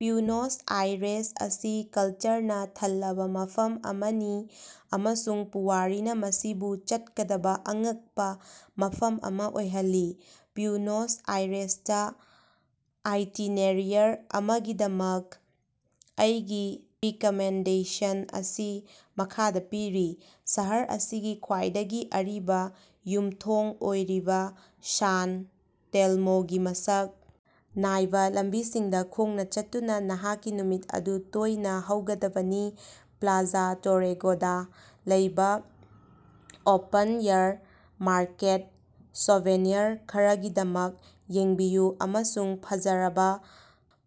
Buenos Aires ꯑꯁꯤ ꯀꯜꯆꯔꯅꯥ ꯊꯜꯂꯕꯥ ꯃꯐꯝ ꯑꯃꯅꯤ, ꯑꯃꯁꯨꯡ ꯄꯨꯋꯥꯔꯤꯅꯥ ꯃꯁꯤꯕꯨ ꯆꯠꯀꯗꯕꯥ ꯑꯉꯛꯄꯥ ꯃꯐꯝ ꯑꯃꯥ ꯑꯣꯏꯍꯜꯂꯤ꯫ ꯕ꯭ꯌꯨꯅꯣꯁ ꯑꯥꯏꯔꯦꯁꯇꯥ ꯑꯥꯏꯇꯤꯅꯦꯔꯤꯌꯔ ꯑꯃꯒꯤꯗꯃꯛ ꯑꯩꯒꯤ ꯔꯤꯀꯥꯃꯦꯟꯗꯦꯁꯟ ꯑꯁꯤ ꯃꯈꯥꯗꯥ ꯄꯤꯔꯤ: ꯁꯍꯔ ꯑꯁꯤꯒꯤ ꯈ꯭ꯋꯥꯏꯗꯒꯤ ꯑꯔꯤꯕꯥ ꯌꯨꯝꯊꯣꯡ ꯑꯣꯏꯔꯤꯕꯥ ꯁꯥꯟ ꯇꯦꯜꯃꯣꯒꯤ ꯃꯁꯛ ꯅꯥꯏꯕꯥ ꯂꯝꯕꯤꯁꯤꯡꯗꯥ ꯈꯣꯡꯅꯥ ꯆꯠꯇꯨꯅꯥ ꯅꯍꯥꯛꯀꯤ ꯅꯨꯃꯤꯠ ꯑꯗꯨ ꯇꯣꯢꯅꯥ ꯍꯧꯒꯗꯕꯅꯤ꯫ ꯄ꯭ꯂꯥꯖꯥ ꯗꯣꯔꯦꯒꯣꯗꯥ ꯂꯩꯕꯥ ꯑꯣꯄꯟ-ꯑꯦꯌꯔ ꯃꯥꯔꯀꯦꯠ ꯁꯣꯚꯦꯅꯤꯌꯔ ꯈꯔꯒꯤꯗꯃꯛ ꯌꯦꯡꯕꯤꯌꯨ ꯑꯃꯁꯨꯡ ꯐꯖꯔꯕꯥ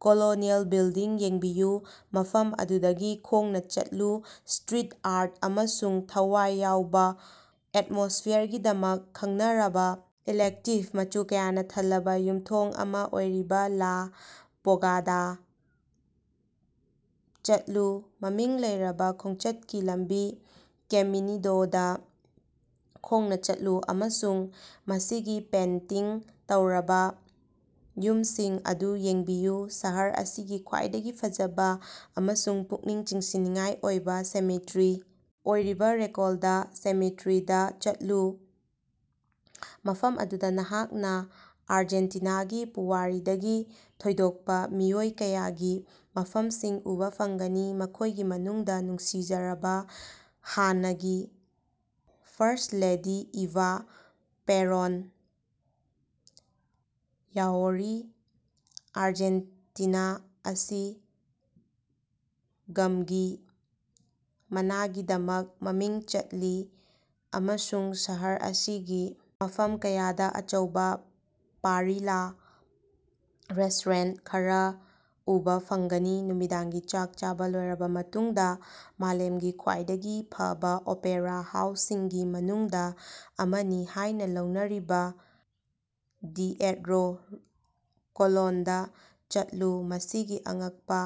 ꯀꯣꯂꯣꯅꯤꯑꯦꯜ ꯕꯤꯜꯗꯤꯡꯁꯤꯡ ꯌꯦꯡꯕꯤꯌꯨ꯫ ꯃꯐꯝ ꯑꯗꯨꯗꯒꯤ ꯈꯣꯡꯅꯥ ꯆꯠꯂꯨ, ꯁꯇ꯭ꯔꯤꯠ ꯑꯥꯔꯠ ꯑꯃꯁꯨꯡ ꯊꯋꯥꯏ ꯌꯥꯎꯕꯥ ꯑꯦꯇꯃꯣꯁꯐꯤꯌꯥꯔꯒꯤꯗꯃꯛ ꯈꯪꯅꯔꯕꯥ ꯏꯂꯦꯛꯇꯤꯕ, ꯃꯆꯨ ꯀꯌꯥꯅꯥ ꯊꯜꯂꯕꯥ ꯌꯨꯝꯊꯣꯡ ꯑꯃꯥ ꯑꯣꯏꯔꯤꯕꯥ ꯂꯥ ꯕꯣꯀꯥꯗꯥ ꯆꯠꯂꯨ꯫ ꯃꯃꯤꯡ ꯂꯩꯔꯕꯥ ꯈꯣꯡꯆꯠꯀꯤ ꯂꯝꯕꯤ ꯀꯦꯃꯤꯅꯤꯇꯣꯗꯥ ꯈꯣꯡꯅꯥ ꯆꯠꯂꯨ ꯑꯃꯁꯨꯡ ꯃꯁꯤꯒꯤ ꯄꯦꯟꯇꯤꯡ ꯇꯧꯔꯕꯥ ꯌꯨꯝꯁꯤꯡ ꯑꯗꯨ ꯌꯦꯡꯕꯤꯌꯨ꯫ ꯁꯍꯔ ꯑꯁꯤꯒꯤ ꯈ꯭ꯋꯥꯏꯗꯒꯤ ꯐꯖꯕꯥ ꯑꯃꯁꯨꯡ ꯄꯨꯛꯅꯤꯡ ꯆꯤꯡꯁꯤꯟꯅꯤꯡꯉꯥꯏ ꯑꯣꯏꯕꯥ ꯁꯤꯃꯦꯇ꯭ꯔꯤ ꯑꯣꯏꯔꯤꯕꯥ ꯔꯦꯀꯣꯜꯇꯥ ꯁꯤꯃꯦꯇ꯭ꯔꯤꯗꯥ ꯆꯠꯂꯨ, ꯃꯐꯝ ꯑꯗꯨꯗꯥ ꯅꯍꯥꯛꯅꯥ ꯑꯔꯖꯦꯟꯇꯤꯅꯥꯒꯤ ꯄꯨꯋꯥꯔꯤꯗꯒꯤ ꯊꯣꯏꯗꯣꯛꯄꯥ ꯃꯤꯑꯣꯏ ꯀꯌꯥꯒꯤ ꯃꯐꯝꯁꯤꯡ ꯎꯕꯥ ꯐꯪꯒꯅꯤ, ꯃꯈꯣꯢꯒꯤ ꯃꯅꯨꯡꯗꯥ ꯅꯨꯡꯁꯤꯖꯔꯕꯥ ꯍꯥꯟꯅꯒꯤ ꯐꯥꯔꯁ꯭ꯠ ꯂꯦꯗꯤ ꯏꯚꯥ ꯄꯦꯔꯣꯟ ꯌꯥꯑꯣꯔꯤ꯫ ꯑꯔꯖꯦꯟꯇꯤꯅꯥ ꯑꯁꯤ ꯒꯝꯒꯤ ꯃꯅꯥꯒꯤꯗꯃꯛ ꯃꯃꯤꯡ ꯆꯠꯂꯤ ꯑꯃꯁꯨꯡ ꯁꯍꯔ ꯑꯁꯤꯒꯤ ꯃꯐꯝ ꯀꯌꯥꯗꯥ ꯑꯆꯧꯕꯥ ꯄꯥꯔꯤꯂꯥ ꯔꯦꯁꯇꯣꯔꯦꯟꯇ ꯈꯔꯥ ꯎꯕꯥ ꯐꯪꯒꯅꯤ꯫ ꯅꯨꯃꯤꯗꯥꯡꯒꯤ ꯆꯥꯛ ꯆꯥꯕꯥ ꯂꯣꯏꯔꯕꯥ ꯃꯇꯨꯡꯗꯥ ꯃꯥꯂꯦꯝꯒꯤ ꯈ꯭ꯋꯥꯏꯗꯒꯤ ꯐꯕꯥ ꯑꯣꯄꯦꯔꯥ ꯍꯥꯎꯁꯁꯤꯡꯒꯤ ꯃꯅꯨꯡꯗꯥ ꯑꯃꯅꯤ ꯍꯥꯢꯅꯥ ꯂꯧꯅꯔꯤꯕꯥ ꯇꯤꯑꯦꯠꯔꯣ ꯀꯣꯂꯣꯟꯗꯥ ꯆꯠꯂꯨ꯫ ꯃꯁꯤꯒꯤ ꯑꯉꯛꯄꯥ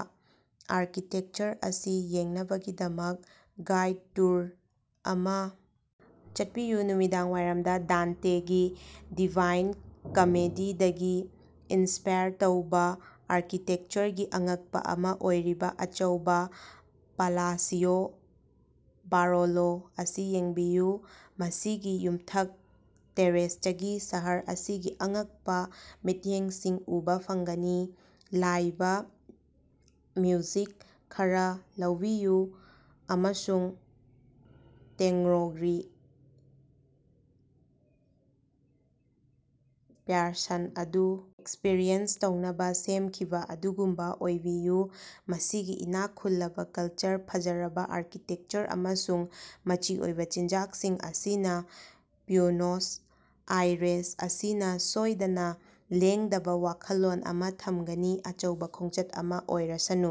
ꯑꯥꯔꯀꯤꯇꯦꯛꯆꯔ ꯑꯁꯤ ꯌꯦꯡꯅꯕꯒꯤꯗꯃꯛ ꯒꯥꯏꯗ ꯇꯨꯔ ꯑꯃꯥ ꯆꯠꯄꯤꯌꯨ꯫ ꯅꯨꯃꯤꯗꯥꯡꯋꯥꯏꯔꯝꯗꯥ, ꯗꯥꯟꯇꯦꯒꯤ ꯗꯤꯚꯥꯏꯟ ꯀꯃꯦꯗꯤꯗꯒꯤ ꯏꯟꯁꯄꯥꯏꯔ ꯇꯧꯕꯥ ꯑꯥꯔꯀꯤꯇꯦꯛꯆꯔꯒꯤ ꯑꯉꯛꯄꯥ ꯑꯃꯥ ꯑꯣꯏꯔꯤꯕꯥ ꯑꯆꯧꯕꯥ ꯄꯥꯂꯥꯁꯤꯑꯣ ꯕꯥꯔꯣꯂꯣ ꯑꯁꯤ ꯌꯦꯡꯕꯤꯌꯨ, ꯃꯁꯤꯒꯤ ꯌꯨꯝꯊꯛ ꯇꯦꯔꯦꯁꯇꯒꯤ ꯁꯍꯔ ꯑꯁꯤꯒꯤ ꯑꯉꯛꯄꯥ ꯃꯤꯠꯌꯦꯡꯁꯤꯡ ꯎꯕꯥ ꯐꯪꯒꯅꯤ꯫ ꯂꯥꯏꯕ ꯃ꯭ꯌꯨꯖꯤꯛ ꯈꯔꯥ ꯂꯧꯕꯤꯌꯨ ꯑꯃꯁꯨꯡ ꯇꯦꯡꯒꯣꯒꯤ ꯄ꯭ꯌꯥꯁꯟ ꯑꯗꯨ ꯑꯦꯛꯁꯄ꯭ꯔꯤꯌꯦꯟꯁ ꯇꯧꯅꯕꯥ ꯁꯦꯝꯈꯤꯕꯥ ꯑꯗꯨꯒꯨꯝꯅꯥ ꯑꯣꯏꯕꯤꯌꯨ꯫ ꯃꯁꯤꯒꯤ ꯏꯅꯥꯛ ꯈꯨꯜꯂꯕꯥ ꯀꯜꯆꯔ, ꯐꯖꯔꯕꯥ ꯑꯥꯔꯀꯤꯇꯦꯛꯆꯔ ꯑꯃꯁꯨꯡ ꯃꯆꯤ ꯑꯣꯏꯕꯥ ꯆꯤꯟꯖꯥꯛꯁꯤꯡ ꯑꯁꯤꯅꯥ ꯕ꯭ꯌꯨꯅꯣꯁ ꯑꯥꯏꯔꯦꯁ ꯑꯁꯤꯅꯥ ꯁꯣꯏꯗꯅꯥ ꯂꯦꯡꯗꯕꯥ ꯋꯥꯈꯜꯂꯣꯟ ꯑꯃꯥ ꯊꯝꯒꯅꯤ꯫ ꯑꯆꯧꯕꯥ ꯈꯣꯡꯆꯠ ꯑꯃꯥ ꯑꯣꯏꯔꯁꯅꯨ꯫